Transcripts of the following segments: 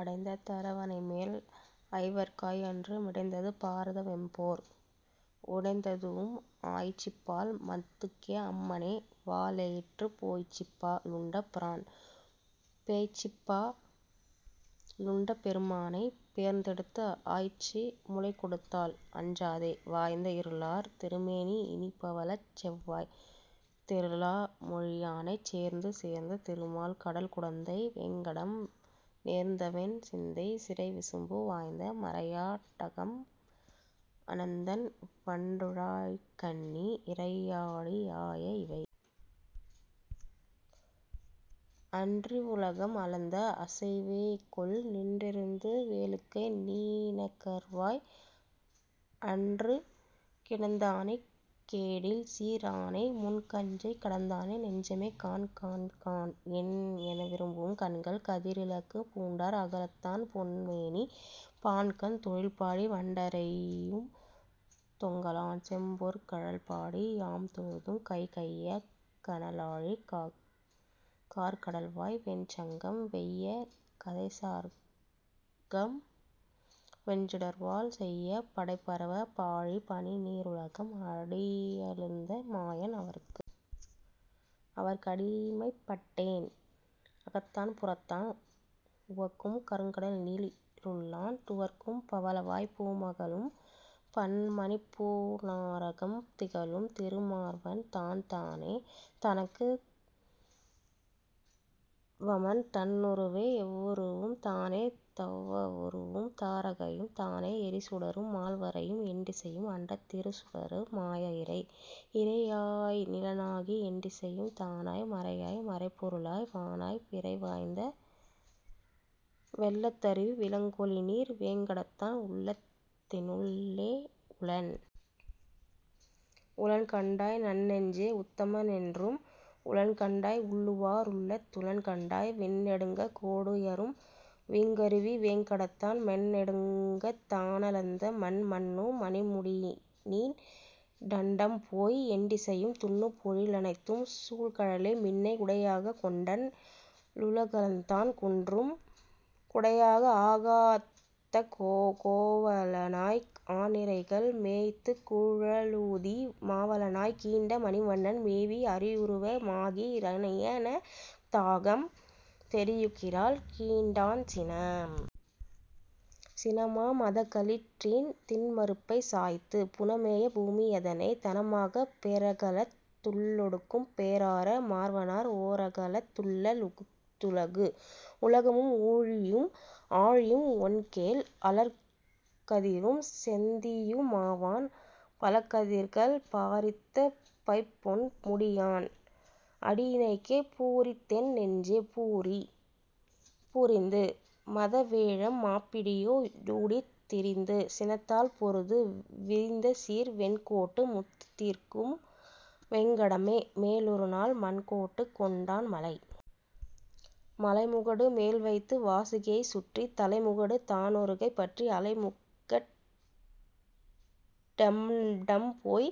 அடைந்த தரவணைமேல் ஐவர்க்காய், அன்று மிடைந்தது பாரத வெம்போர், உடைந்ததுவும் ஆய்ச்சிபால் மத்துக்கே அம்மனே, வாளெயிற்றுப் பேய்ச்சிபா லுண்ட பிரான். பேய்ச்சிபா லுண்ட பெருமானைப் பேர்ந்தெடுத்து, ஆய்ச்சி முலைகொடுத்தாள் அஞ்சாதே, வாய்த்த இருளார் திருமேனி இன்பவளச் செவ்வாய், தெருளா மொழியானைச் சேர்ந்து. சேர்ந்த திருமால் கடல்குடந்தை வேங்கடம் நேர்ந்தவென் சிந்தை நிறைவிசும்பு, வாய்ந்த மறையா டகம்அனந்தன் வண்டுழாய்க் கண்ணி, இறைபாடி யாய இவை. அன்றிவ் வுலகம் அளந்த அசைவேகொல், நின்றிருந்து வேளுக்கை நீணகர்வாய், அன்று கிடந்தானைக் கேடில்சீ ரானை, முன் கஞ்சைக் கடந்தானை நெஞ்சமே. காண். காண்காண் எனவிரும்பும் கண்கள், கதிரிலகு பூண்டார் அகலத்தான் பொன்மேனி, பாண்கண் தொழில்பாடி வண்டறையும் தொங்கலான், செம்பொற் கழல்பாடி யாம்தொழுதும் கை. கைய கனலாழி கார்க்கடல்வாய் வெண்சங்கம், வெய்ய கதைசார்ங்கம் வெஞ்சுடர்வாள், செய்ய படைபரவ பாழி பனிநீ ருலகம், அடியளந்த மாயன் அவற்கு. அவற்கடிமைப் பட்டேன் அகத்தான் புறத்தான், உவக்கும் கருங்கடல்நீ ருள்ளான், துவர்க்கும் பவளவாய்ப் பூமகளும் பன்மணிப்பூ ணாரம், திகழும் திருமார்வன் தான். தானே தனக்குவமன் தன்னுருவே எவ்வுருவும், தானே தவவுருவும் தாரகையும், தானே எரிசுடரும் மால்வரையும் எண்டிசையும், அண்டத் திருசுடரு மாய இறை. இறையாய் நிலனாகி எண்டிசையும் தானாய், மறையாய் மறைப்பொருளாய் வானாய் பிறைவாய்ந்த வெள்ளத் தருவி விளங்கொலிநீர் வேங்கடத்தான், உள்ளத்தி னுள்ளே உளன். உளன்கண்டாய் நன்னெஞ்சே. உத்தம னென்றும் உளன்கண்டாய், உள்ளுவா ருள்ளத் துளன்கண்டாய், விண்ணெடுங்கக் கோடுயரும் வீங்கருவி வேங்கடத்தான், மண்ணெடுங்கத் தானளந்த மன். மன்னு மணிமுடிநீண் டண்டம்போய் எண்டிசையும், துன்னு பொழிலனைத்தும் சூழ்கழலே, மின்னை உடையாகக் கொண்டன் றுலகளந்தான், குன்றும் குடையாக ஆகாத்த கோ. கோவலனாய் ஆநிரைகள் மேய்த்துக் குழலூதி, மாவலனாய்க் கீண்ட மணிவண்ணன், மேவி அரியுருவ மாகி இரணியன தாகம், தெரியுகிரால் கீண்டான் சினம். சினமா மதகளிற்றின் திண்மருப்பைச் சாய்த்து, புனமேய பூமி யதனை, தனமாகப் பேரகலத் துள்ளொடுக்கும் பேரார மார்வனார், ஓரகலத் துள்ள துலகு. உலகமும் ஊழியும் ஆழியும், ஒண்கேழ் அலர்கதிரும் செந்தீயு மாவான், பலகதிர்கள் பாரித்த பைம்பொன் முடியான் அடியிணைக்கே, பூரித்தென் நெஞ்சே புரி. புரிந்து மதவேழம் மாப்பிடியோ டூடித், திரிந்து சினத்தால் பொருது, விரிந்தசீர் வெண்கோட்டு முத்துதிர்க்கும் வேங்கடமே, மேலொருநாள் மண்கோட்டுக் கொண்டான் மலை. மலைமுகடு மேல்வைத்து வாசுகியைச் சுற்றி, தலைமுகடு தானொருகை பற்றி, அலைமுகட் டம்போய்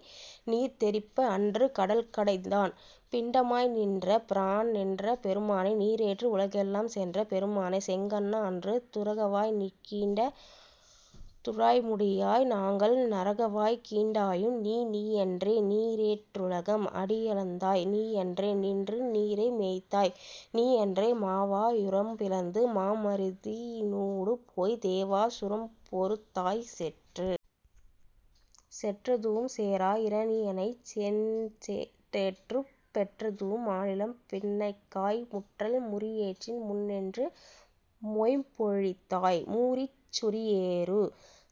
நீர்தெறிப்ப அன்று கடல்கடைந்தான், பிண்டமாய் நின்ற பிரான். நின்ற பெருமானே. நீரேற்று, உலகெல்லாம் சென்ற பெருமானே. செங்கண்ணா, அன்று துரகவாய் கீண்ட துழாய்முடியாய், நாங்கள் நரகவாய் கீண்டாயும் நீ. நீயன்றே நீரேற் றுலகம் அடியளந்தாய், நீயன்றே நின்று நிரைமேய்த்தாய் நீயன்றே மாவா யுரம்பிளந்து மாமருதி னூடுபோய், தேவா சுரம்பொருதாய் செற்று? செற்றதுவும் சேரா இரணியனைச் சென்றேற்றுப் பெற்றதுவும் மாநிலம், பின்னைக்காய் முற்றல் முரியேற்றின் முன்நின்று மொய்ம்பொழித்தாய், மூரிச் சுரியேறு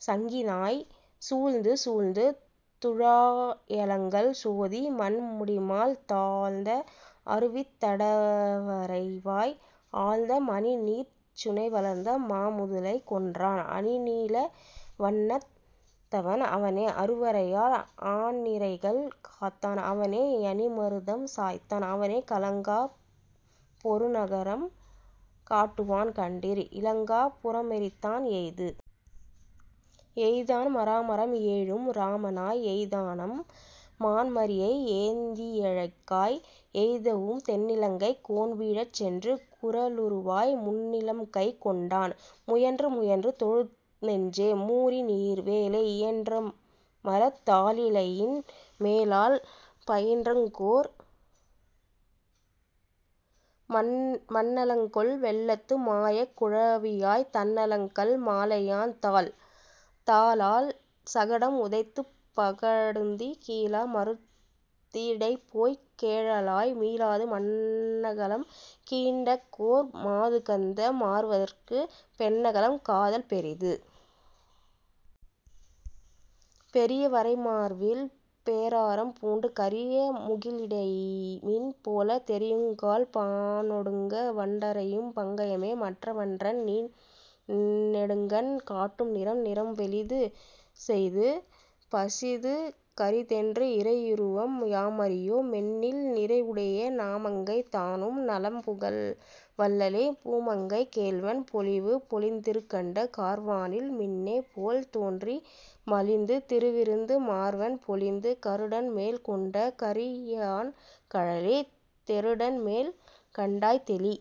சங்கினாய். சூழ்ந்து. சூழ்ந்த துழாயலங்கல் சோதி மணிமுடிமால், தாழ்ந்த அருவித் தடவரைவாய், ஆழ்ந்த மணிநீர்ச் சுனைவளர்ந்த மாமுதலை கொன்றான், அணிநீல வண்ணத் தவன். அவனே அருவரையால் ஆநிரைகள் காத்தான், அவனே யணிமருதம் சாய்த்தான், அவனே கலங்காப் பொருநகரம் காட்டுவான் கண்டீர், இலங்கா புரமெரித்தான் எய்து. எய்தான் மராமரம் ஏழும் இராமனாய், எய்தானம் மான்மறியை ஏந்திழைக்காய், எய்ததுவும் தென்னிலங்கைக் கோன்வீழச் சென்று குறளுருவாய் முன்னிலம்கைக் கொண்டான் முயன்று. முயன்று தொழுநெஞ்சே. மூரிநீர் வேலை, இயன்றமரத் தாலிலையின் மேலால், பயின்றங்கோர் மண்ணலங்கொள் வெள்ளத்து மாயக் குழவியாய், தண்ணலங்கல் மாலையான் தாள். தாளால் சகடம் உதைத்துப் பகடுந்தி, கீளா மருதிடைபோய்க் கேழலாய், மீளாது மண்ணகலம் கீண்டங்கோர் மாதுகந்த மார்வற்கு, பெண்ணகலம் காதல் பெரிது. பெரிய வரைமார்வில் பேராரம் பூண்டு, கரிய முகிலிடைமின் போல, தெரியுங்கால் பாணொடுங்க வண்டறையும் பங்கயமே, மற்றவன்றன் நீணெடுங்கண் காட்டும் நிறம். நிறம்வெளிது செய்து பசிது கரிதென்று, இறையுருவம் யாமறியோ மெண்ணில், நிறைவுடைய நாமங்கை தானும் நலம்புகழ வல்லளே, பூமங்கை கேள்வன் பொலிவு? பொலிந்திருகண்ட கார்வானில் மின்னேபோல் தோன்றி, மலிந்து திருவிருந்த மார்வன், பொலிந்து கருடன்மேல் கொண்ட கரியான் கழலே, தெருடன்மேல் கண்டாய் தெளி.